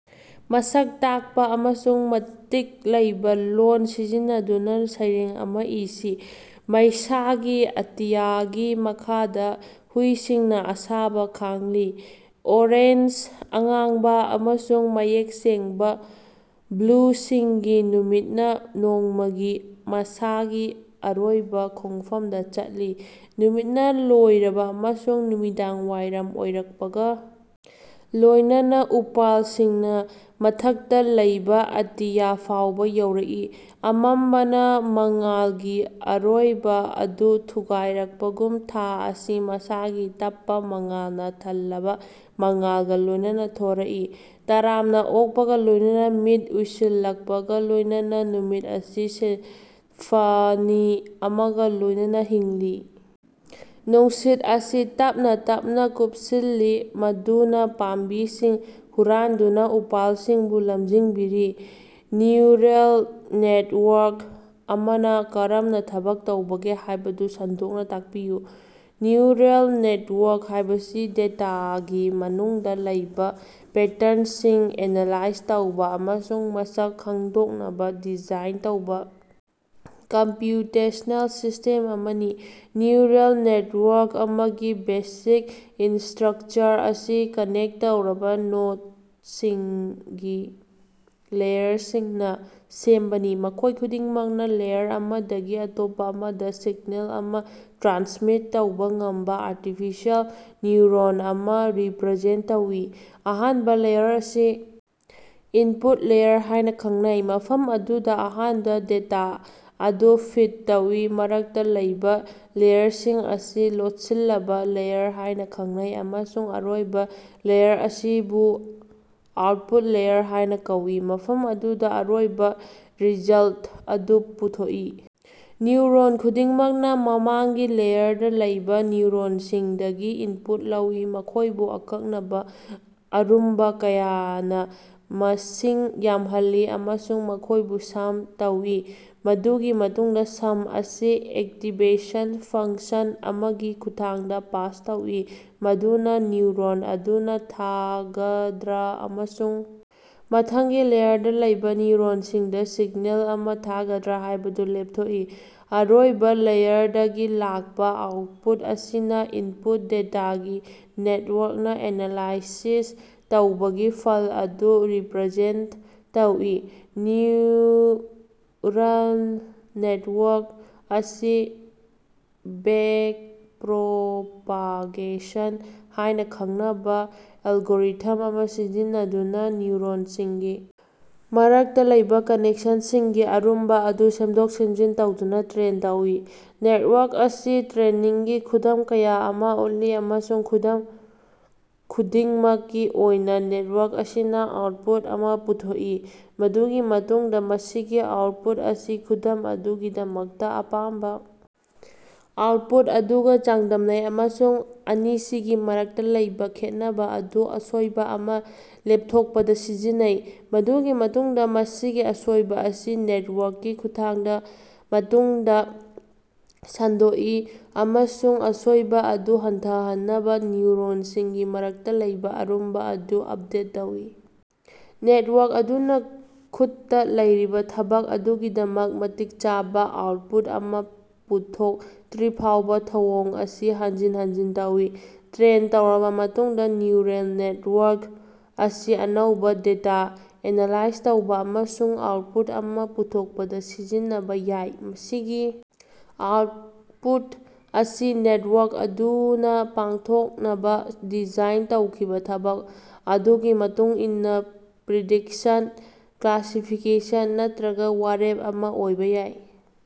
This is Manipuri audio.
ꯃꯁꯛ ꯇꯥꯛꯄꯥ ꯑꯃꯁꯨꯡ ꯃꯇꯤꯛ ꯂꯩꯕꯥ ꯂꯣꯜ ꯁꯤꯖꯤꯟꯅꯗꯨꯅꯥ ꯁꯩꯔꯦꯡ ꯑꯃꯥ ꯏꯁꯤ꯫ ꯃꯩꯁꯥꯒꯤ ꯑꯇꯤꯌꯥꯒꯤ ꯃꯈꯥꯗꯥ ꯍꯨꯏꯁꯤꯡꯅꯥ ꯑꯁꯥꯕ ꯈꯥꯡꯂꯤ꯫ ꯑꯣꯔꯦꯟꯖ, ꯑꯉꯥꯡꯕ ꯑꯃꯁꯨꯡ ꯃꯌꯦꯛ ꯁꯦꯡꯕꯥ ꯕ꯭ꯂꯨꯁꯤꯡꯒꯤ, ꯅꯨꯃꯤꯠꯅꯥ ꯅꯣꯡꯃꯒꯤ ꯃꯁꯥꯒꯤ ꯑꯔꯣꯏꯕꯥ ꯈꯣꯡꯐꯝꯗ ꯆꯠꯂꯤ꯫ ꯅꯨꯃꯤꯠꯅ ꯂꯣꯏꯔꯕꯥ ꯑꯃꯁꯨꯡ ꯅꯨꯃꯤꯗꯥꯡꯋꯥꯏꯔꯝ ꯑꯣꯏꯔꯛꯄꯒ ꯂꯣꯏꯅꯅꯥ, ꯎꯄꯥꯜꯁꯤꯡꯅꯥ ꯃꯊꯛꯇꯥ ꯂꯩꯕꯥ ꯑꯇꯤꯌꯥ ꯐꯥꯎꯕꯥ ꯌꯧꯔꯛꯏ, ꯑꯃꯝꯕꯅꯥ ꯃꯉꯥꯜꯒꯤ ꯑꯔꯣꯏꯕꯥ ꯑꯗꯨ ꯊꯨꯒꯥꯏꯔꯛꯄꯒꯨꯝ, ꯊꯥ ꯑꯁꯤ ꯃꯁꯥꯒꯤ ꯇꯞꯄꯥ ꯃꯉꯥꯜꯅꯥ ꯊꯜꯂꯕꯥ ꯃꯉꯥꯜꯒꯥ ꯂꯣꯏꯅꯅꯥ ꯊꯣꯔꯛꯏ, ꯇꯔꯥꯝꯅꯥ ꯑꯣꯛꯄꯒꯥ ꯂꯣꯏꯅꯅꯥ ꯃꯤꯠ ꯎꯏꯁꯤꯜꯂꯛꯄꯒꯥ ꯂꯣꯏꯅꯅꯥ, ꯅꯨꯃꯤꯠ ꯑꯁꯤ ꯁꯤꯝꯐꯅꯤ ꯑꯃꯒꯥ ꯂꯣꯏꯅꯅꯥ ꯍꯤꯡꯂꯤ꯫ ꯅꯨꯡꯁꯤꯠ ꯑꯁꯤ ꯇꯞꯅꯥ ꯇꯞꯅꯥ ꯀꯨꯞꯁꯤꯜꯂꯤ, ꯃꯗꯨꯅꯥ ꯄꯥꯝꯕꯤꯁꯤꯡ ꯍꯨꯔꯥꯟꯗꯨꯅꯥ ꯎꯄꯥꯜꯁꯤꯡꯕꯨ ꯂꯝꯖꯤꯡꯕꯤꯔꯤ꯫ ꯅ꯭ꯌꯨꯔꯦꯜ ꯅꯦꯠꯋꯥꯛ ꯑꯃꯅꯥ ꯀꯔꯝꯅꯥ ꯊꯕꯛ ꯇꯧꯕꯒꯦ ꯍꯥꯏꯕꯗꯨ ꯁꯟꯗꯣꯛꯅꯥ ꯇꯥꯛꯄꯤꯌꯨ꯫ ꯅ꯭ꯌꯨꯔꯦꯜ ꯅꯦꯠꯋꯥꯛ ꯍꯥꯏꯕꯁꯤ ꯗꯦꯇꯥꯒꯤ ꯃꯅꯨꯡꯗꯥ ꯂꯩꯕꯥ ꯄꯦꯇ꯭ꯔꯟꯁꯤꯡ ꯑꯦꯅꯥꯂꯥꯏꯖ ꯇꯧꯕꯥ ꯑꯃꯁꯨꯡ ꯃꯁꯛ ꯈꯪꯗꯣꯛꯅꯕꯥ ꯗꯤꯖꯥꯏꯟ ꯇꯧꯕꯥ ꯀꯝꯄ꯭ꯌꯨꯇꯦꯁꯅꯦꯜ ꯁꯤꯁꯇꯦꯝ ꯑꯃꯅꯤ꯫ ꯅ꯭ꯌꯨꯔꯦꯜ ꯅꯦꯠꯋꯥꯔꯛ ꯑꯃꯒꯤ ꯕꯦꯁꯤꯛ ꯏꯁꯇ꯭ꯔꯛꯆꯔ ꯑꯁꯤ ꯀꯅꯦꯛ ꯇꯧꯔꯕꯥ ꯅꯣꯠꯁꯤꯡꯒꯤ ꯂꯦꯌꯔꯁꯤꯡꯅꯥ ꯁꯦꯝꯕꯅꯤ, ꯃꯈꯣꯏ ꯈꯨꯗꯤꯡꯃꯛꯅꯥ ꯂꯦꯌꯔ ꯑꯃꯗꯒꯤ ꯑꯇꯣꯞꯄꯥ ꯑꯃꯗꯥ ꯁꯤꯛꯅꯦꯜ ꯑꯃꯥ ꯇ꯭ꯔꯥꯟꯁꯃꯤꯠ ꯇꯧꯕꯥ ꯉꯝꯕꯥ ꯑꯥꯔꯇꯤꯐꯤꯁꯤꯑꯦꯜ ꯅ꯭ꯌꯨꯔꯣꯟ ꯑꯃꯥ ꯔꯤꯄ꯭ꯔꯖꯦꯟꯇ ꯇꯧꯏ꯫ ꯑꯍꯥꯟꯕꯥ ꯂꯦꯌꯔ ꯑꯁꯤ ꯏꯟꯄꯨꯠ ꯂꯦꯌꯔ ꯍꯥꯏꯅꯥ ꯈꯪꯅꯩ, ꯃꯐꯝ ꯑꯗꯨꯗꯥ ꯑꯍꯥꯟꯕꯥ ꯗꯦꯇꯥ ꯑꯗꯨ ꯐꯤꯠ ꯇꯧꯏ, ꯃꯔꯛꯇꯥ ꯂꯩꯕꯥ ꯂꯦꯌꯔꯁꯤꯡ ꯑꯁꯤ ꯂꯣꯠꯁꯤꯜꯂꯕꯥ ꯂꯦꯌꯔ ꯍꯥꯏꯅꯥ ꯈꯪꯅꯩ ꯑꯃꯁꯨꯡ ꯑꯔꯣꯏꯕꯥ ꯂꯦꯌꯔ ꯑꯁꯤꯕꯨ ꯑꯥꯎꯠꯄꯨꯠ ꯂꯦꯌꯔ ꯍꯥꯏꯅꯥ ꯀꯧꯏ, ꯃꯐꯝ ꯑꯗꯨꯗꯥ ꯑꯔꯣꯏꯕꯥ ꯔꯤꯖꯜꯇ ꯑꯗꯨ ꯄꯨꯊꯣꯛꯏ꯫ ꯅ꯭ꯌꯨꯔꯣꯟ ꯈꯨꯗꯤꯡꯃꯛꯅꯥ ꯃꯃꯥꯡꯒꯤ ꯂꯦꯌꯔꯗꯥ ꯂꯩꯕꯥ ꯅ꯭ꯌꯨꯔꯣꯟꯁꯤꯡꯗꯒꯤ ꯏꯟꯄꯨꯠ ꯂꯧꯏ, ꯃꯈꯣꯏꯕꯨ ꯑꯀꯛꯅꯕꯥ ꯑꯔꯨꯝꯕꯥ ꯀꯌꯥꯅꯥ ꯃꯁꯤꯡ ꯌꯥꯝꯍꯜꯂꯤ ꯑꯃꯁꯨꯡ ꯃꯈꯣꯏꯕꯨ ꯁꯝ ꯇꯧꯏ꯫ ꯃꯗꯨꯒꯤ ꯃꯇꯨꯡꯗꯥ ꯁꯝ ꯑꯁꯤ ꯑꯦꯛꯇꯤꯚꯦꯁꯟ ꯐꯪꯁꯟ ꯑꯃꯒꯤ ꯈꯨꯠꯊꯥꯡꯗꯥ ꯄꯥꯁ ꯇꯧꯏ, ꯃꯗꯨꯅꯥ ꯅ꯭ꯌꯨꯔꯣꯟ ꯑꯗꯨꯅꯥ ꯊꯥꯒꯗ꯭ꯔꯥ ꯑꯃꯁꯨꯡ ꯃꯊꯪꯒꯤ ꯂꯦꯌꯔꯗꯥ ꯂꯩꯕꯥ ꯅ꯭ꯌꯨꯔꯣꯟꯁꯤꯡꯗꯥ ꯁꯤꯛꯅꯦꯜ ꯑꯃꯥ ꯊꯥꯒꯗ꯭ꯔꯥ ꯍꯥꯏꯕꯗꯨ ꯂꯦꯞꯊꯣꯛꯏ꯫ ꯑꯔꯣꯏꯕꯥ ꯂꯦꯌꯔꯗꯒꯤ ꯂꯥꯛꯄꯥ ꯑꯥꯎꯠꯄꯨꯠ ꯑꯁꯤꯅꯥ ꯏꯟꯄꯨꯠ ꯗꯦꯇꯥꯒꯤ ꯅꯦꯠꯋꯥꯛꯅꯥ ꯑꯦꯅꯥꯂꯥꯏꯁꯤꯁ ꯇꯧꯕꯒꯤ ꯐꯜ ꯑꯗꯨ ꯔꯤꯄ꯭ꯔꯖꯦꯟꯇ ꯇꯧꯏ꯫ ꯅ꯭ꯌꯨꯔꯜ ꯅꯦꯠꯋꯥꯛ ꯑꯁꯤ ꯕꯦꯛꯄ꯭ꯔꯣꯄꯥꯒꯦꯁꯟ ꯍꯥꯏꯅꯥ ꯈꯪꯅꯕꯥ ꯑꯦꯜꯒꯣꯔꯤꯊꯝ ꯑꯃꯥ ꯁꯤꯖꯤꯟꯅꯗꯨꯅꯥ ꯅ꯭ꯌꯨꯔꯣꯟꯁꯤꯡꯒꯤ ꯃꯔꯛꯇꯥ ꯂꯩꯕꯥ ꯀꯅꯦꯛꯁꯟꯁꯤꯡꯒꯤ ꯑꯔꯨꯝꯕꯥ ꯑꯗꯨ ꯁꯦꯝꯗꯣꯛ-ꯁꯦꯝꯖꯤꯟ ꯇꯧꯗꯨꯅꯥ ꯇ꯭ꯔꯦꯟ ꯇꯧꯏ꯫ ꯅꯦꯠꯋꯥꯛ ꯑꯁꯤ ꯇ꯭ꯔꯦꯅꯤꯡꯒꯤ ꯈꯨꯗꯝ ꯀꯌꯥ ꯑꯃꯥ ꯎꯠꯂꯤ ꯑꯃꯁꯨꯡ ꯈꯨꯗꯝ ꯈꯨꯗꯤꯡꯃꯛꯀꯤ ꯑꯣꯏꯅꯥ ꯅꯦꯠꯋꯥꯛ ꯑꯁꯤꯅꯥ ꯑꯥꯎꯠꯄꯨꯠ ꯑꯃꯥ ꯄꯨꯊꯣꯛꯏ꯫ ꯃꯗꯨꯒꯤ ꯃꯇꯨꯡꯗꯥ ꯃꯁꯤꯒꯤ ꯑꯥꯎꯠꯄꯨꯠ ꯑꯁꯤ ꯈꯨꯗꯝ ꯑꯗꯨꯒꯤꯗꯃꯛꯇꯥ ꯑꯄꯥꯝꯕꯥ ꯑꯥꯎꯠꯄꯨꯠ ꯑꯗꯨꯒꯥ ꯆꯥꯡꯗꯝꯅꯩ ꯑꯃꯁꯨꯡ ꯑꯅꯤꯁꯤꯒꯤ ꯃꯔꯛꯇꯥ ꯂꯩꯕꯥ ꯈꯦꯠꯅꯕꯥ ꯑꯗꯨ ꯑꯁꯣꯏꯕꯥ ꯑꯃꯥ ꯂꯦꯞꯊꯣꯛꯄꯗꯥ ꯁꯤꯖꯤꯟꯅꯩ꯫ ꯃꯗꯨꯒꯤ ꯃꯇꯨꯡꯗꯥ ꯃꯁꯤꯒꯤ ꯑꯁꯣꯏꯕꯥ ꯑꯁꯤ ꯅꯦꯠꯋꯥꯛꯀꯤ ꯈꯨꯠꯊꯥꯡꯗꯥ ꯃꯇꯨꯡꯗꯥ ꯁꯟꯗꯣꯛꯏ ꯑꯃꯁꯨꯡ ꯑꯁꯣꯏꯕꯥ ꯑꯗꯨ ꯍꯟꯊꯍꯟꯅꯕꯥ ꯅ꯭ꯌꯨꯔꯣꯟꯁꯤꯡꯒꯤ ꯃꯔꯛꯇꯥ ꯂꯩꯕꯥ ꯑꯔꯨꯝꯕꯥ ꯑꯗꯨ ꯑꯞꯗꯦꯠ ꯇꯧꯏ꯫ ꯅꯦꯠꯋꯥꯛ ꯑꯗꯨꯅꯥ ꯈꯨꯠꯇꯥ ꯂꯩꯔꯤꯕꯥ ꯊꯕꯛ ꯑꯗꯨꯒꯤꯗꯃꯛ ꯃꯇꯤꯛ ꯆꯥꯕꯥ ꯑꯥꯎꯠꯄꯨꯠ ꯑꯃꯥ ꯄꯨꯊꯣꯛꯇ꯭ꯔꯤꯐꯥꯎꯕꯥ ꯊꯧꯑꯣꯡ ꯑꯁꯤ ꯍꯟꯖꯤꯟ ꯍꯟꯖꯤꯟ ꯇꯧꯏ꯫ ꯇ꯭ꯔꯦꯟ ꯇꯧꯔꯕꯥ ꯃꯇꯨꯡꯗꯥ ꯅ꯭ꯌꯨꯔꯦꯜ ꯅꯦꯠꯋꯥꯛ ꯑꯁꯤ ꯑꯅꯧꯕꯥ ꯗꯦꯇꯥ ꯑꯦꯅꯥꯂꯥꯏꯖ ꯇꯧꯕꯥ ꯑꯃꯁꯨꯡ ꯑꯥꯎꯠꯄꯨꯠ ꯑꯃꯥ ꯄꯨꯊꯣꯛꯄꯗꯥ ꯁꯤꯖꯤꯟꯅꯕꯥ ꯌꯥꯏ꯫ ꯃꯁꯤꯒꯤ ꯑꯥꯎꯠꯄꯨꯠ ꯑꯁꯤ ꯅꯦꯠꯋꯥꯛ ꯑꯗꯨꯅꯥ ꯄꯥꯡꯊꯣꯛꯅꯕꯥ ꯗꯤꯖꯥꯏꯟ ꯇꯧꯈꯤꯕꯥ ꯊꯕꯛ ꯑꯗꯨꯒꯤ ꯃꯇꯨꯡ ꯏꯟꯅꯥ ꯄ꯭ꯔꯤꯗꯤꯛꯁꯟ, ꯀ꯭ꯂꯥꯁꯤꯐꯤꯀꯦꯁꯟ ꯅꯠꯇ꯭ꯔꯒꯥ ꯋꯥꯔꯦꯞ ꯑꯃꯥ ꯑꯣꯏꯕꯥ ꯌꯥꯏ꯫